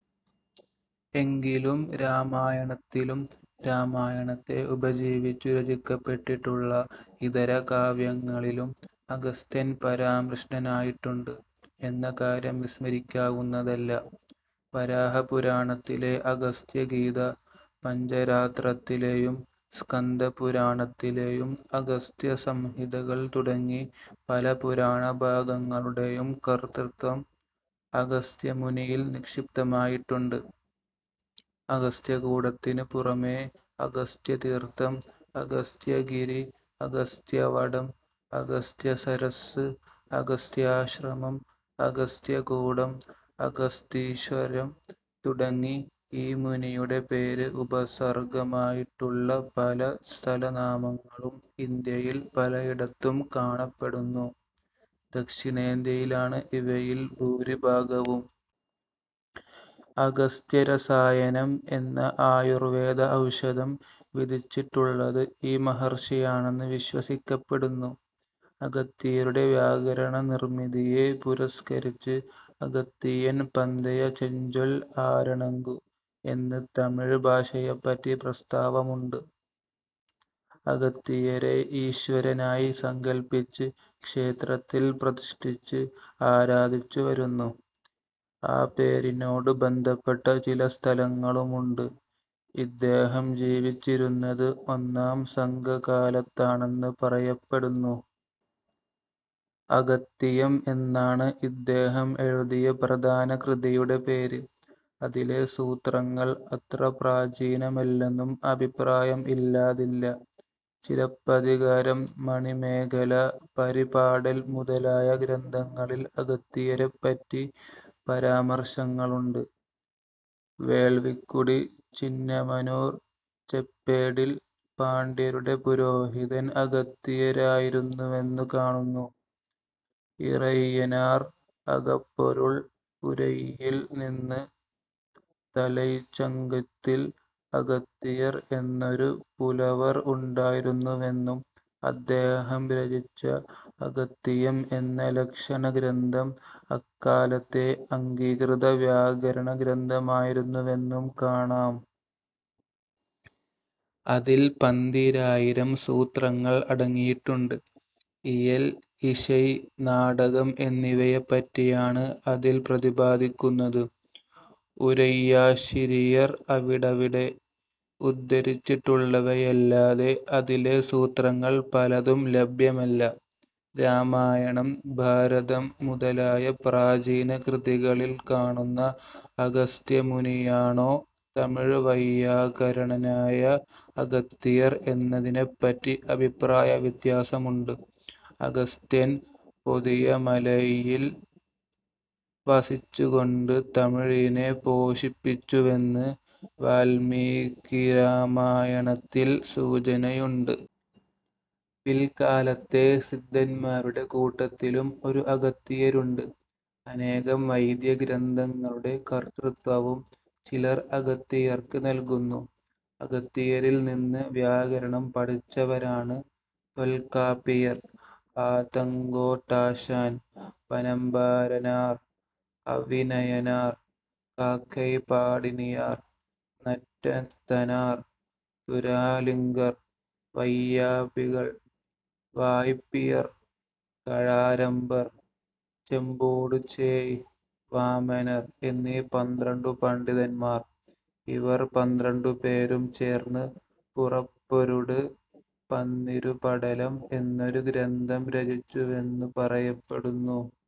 എങ്കിലും രാമായണത്തിലും രാമായണത്തെ ഉപജീവിച്ചു രചിക്കപ്പെട്ടിട്ടുള്ള ഇതരകാവ്യങ്ങളിലും അഗസ്ത്യൻ പരാമൃഷ്ടനായിട്ടുണ്ട് എന്ന കാര്യം വിസ്മരിക്കാവുന്നതല്ല. വരാഹപുരാണത്തിലെ അഗസ്ത്യഗീത, പഞ്ചരാത്രത്തിലെയും സ്കന്ദപുരാണത്തിലെയും അഗസ്ത്യസംഹിതകൾ തുടങ്ങി പല പുരാണഭാഗങ്ങളുടെയും കർതൃത്വം അഗസ്ത്യമുനിയിൽ നിക്ഷിപ്തമായിട്ടുണ്ട്. അഗസ്ത്യകൂടത്തിനു പുറമേ, അഗസ്ത്യതീർഥം, അഗസ്ത്യഗിരി, അഗസ്ത്യവടം, അഗസ്ത്യസരസ്സ്, അഗസ്ത്യാശ്രമം, അഗസ്ത്യകൂടം, അഗസ്തീശ്വരം തുടങ്ങി ഈ മുനിയുടെ പേര് ഉപസർഗമായിട്ടുള്ള പല സ്ഥലനാമങ്ങളും ഇന്ത്യയിൽ പലയിടത്തും കാണപ്പെടുന്നു; ദക്ഷിണേന്ത്യയിലാണ് ഇവയിൽ ഭൂരിഭാഗവും. അഗസ്ത്യരസായനം എന്ന ആയുർവേദ ഔഷധം വിധിച്ചിട്ടുള്ളത് ഈ മഹർഷിയാണെന്ന് വിശ്വസിക്കപ്പെടുന്നു. അകത്തിയരുടെ വ്യാകരണനിർമിതിയെ പുരസ്കരിച്ച് അകത്തിയൻ പന്തയ ചെഞ്ചൊൽ ആരണങ്കു എന്ന് തമിഴ് ഭാഷയെപ്പറ്റി പ്രസ്താവമുണ്ട്. അകത്തിയരെ ഈശ്വരനായി സങ്കല്പിച്ച് ക്ഷേത്രത്തിൽ പ്രതിഷ്ഠിച്ച് ആരാധിച്ചുവരുന്നു. ആ പേരിനോട് ബന്ധപ്പെട്ട ചില സ്ഥലങ്ങളുമുണ്ട്. ഇദ്ദേഹം ജീവിച്ചിരുന്നത് ഒന്നാം സംഘകാലത്താണെന്ന് പറയപ്പെടുന്നു. അകത്തിയം എന്നാണ് ഇദ്ദേഹം എഴുതിയ പ്രധാന കൃതിയുടെ പേര്. അതിലെ സൂത്രങ്ങൾ അത്ര പ്രാചീനമല്ലെന്നും അഭിപ്രായം ഇല്ലാതില്ല. ചിലപ്പതികാരം, മണിമേഖല, പരിപാടൽ മുതലായ ഗ്രന്ഥങ്ങളിൽ അകത്തിയരെപ്പറ്റി പരാമർശങ്ങളുണ്ട്. വേൾവിക്കുടി ചിന്നമനൂർ ചെപ്പേടിൽ പാണ്ഡ്യരുടെ പുരോഹിതൻ അകത്തിയരായിരുന്നുവെന്നു കാണുന്നു. ഇറൈയനാർ അകപ്പൊരുൾ ഉരൈയിൽ നിന്ന്, തലൈച്ചങ്കത്തിൽ അകത്തിയർ എന്നൊരു പുലവർ ഉണ്ടായിരുന്നുവെന്നും അദ്ദേഹം രചിച്ച അകത്തിയം എന്ന ലക്ഷണഗ്രന്ഥം അക്കാലത്തെ അംഗീകൃത വ്യാകരണ ഗ്രന്ഥമായിരുന്നുവെന്നും കാണാം. അതിൽ പന്തീരായിരം സൂത്രങ്ങൾ അടങ്ങിയിട്ടുണ്ട്. ഇയൽ, ഇശൈ, നാടകം എന്നിവയെപ്പറ്റിയാണ് അതിൽ പ്രതിപാദിക്കുന്നത്. ഉരൈയാശിരിയർ അവിടവിടെ ഉദ്ധരിച്ചിട്ടുള്ളവയല്ലാതെ അതിലെ സൂത്രങ്ങൾ പലതും ലഭ്യമല്ല. രാമായണം, ഭാരതം മുതലായ പ്രാചീന കൃതികളിൽ കാണുന്ന അഗസ്ത്യമുനിയാണോ തമിഴ് വൈയാകരണനായ അകത്തിയർ എന്നതിനെപ്പറ്റി അഭിപ്രായവ്യത്യാസമുണ്ട്. അഗസ്ത്യൻ പൊതിയമലൈയിൽ വസിച്ചുകൊണ്ട് തമിഴിനെ പോഷിപ്പിച്ചുവെന്ന് വാല്മീകിരാമായണത്തിൽ സൂചനയുണ്ട്. പില്ക്കാലത്തെ സിദ്ധൻമാരുടെ കൂട്ടത്തിലും ഒരു അകത്തിയരുണ്ട്. അനേകം വൈദ്യഗ്രന്ഥങ്ങളുടെ കർതൃത്വവും ചിലർ അകത്തിയർക്ക് നൽകുന്നു. അകത്തിയരിൽനിന്ന് വ്യാകരണം പഠിച്ചവരാണ് തൊൽക്കാപ്പിയർ, ആതങ്കോട്ടാശാൻ, പനമ്പാരനാർ, അവിനയനാർ, കാക്കൈപാടിനിയാർ, നറ്റത്തനാർ, തുരാലിങ്കർ, വൈയാപികർ, വായ്പ്പിയർ, കഴാരമ്പർ, ചെമ്പൂട് ചേയ്, വാമനർ എന്നീ പന്ത്രണ്ടു പണ്ഡിതന്മാർ. ഇവർ പന്ത്രണ്ടുപേരും ചേർന്ന് പുറപ്പൊരുട് പന്നിരുപടലം എന്നൊരു ഗ്രന്ഥം രചിച്ചുവെന്നു പറയപ്പെടുന്നു.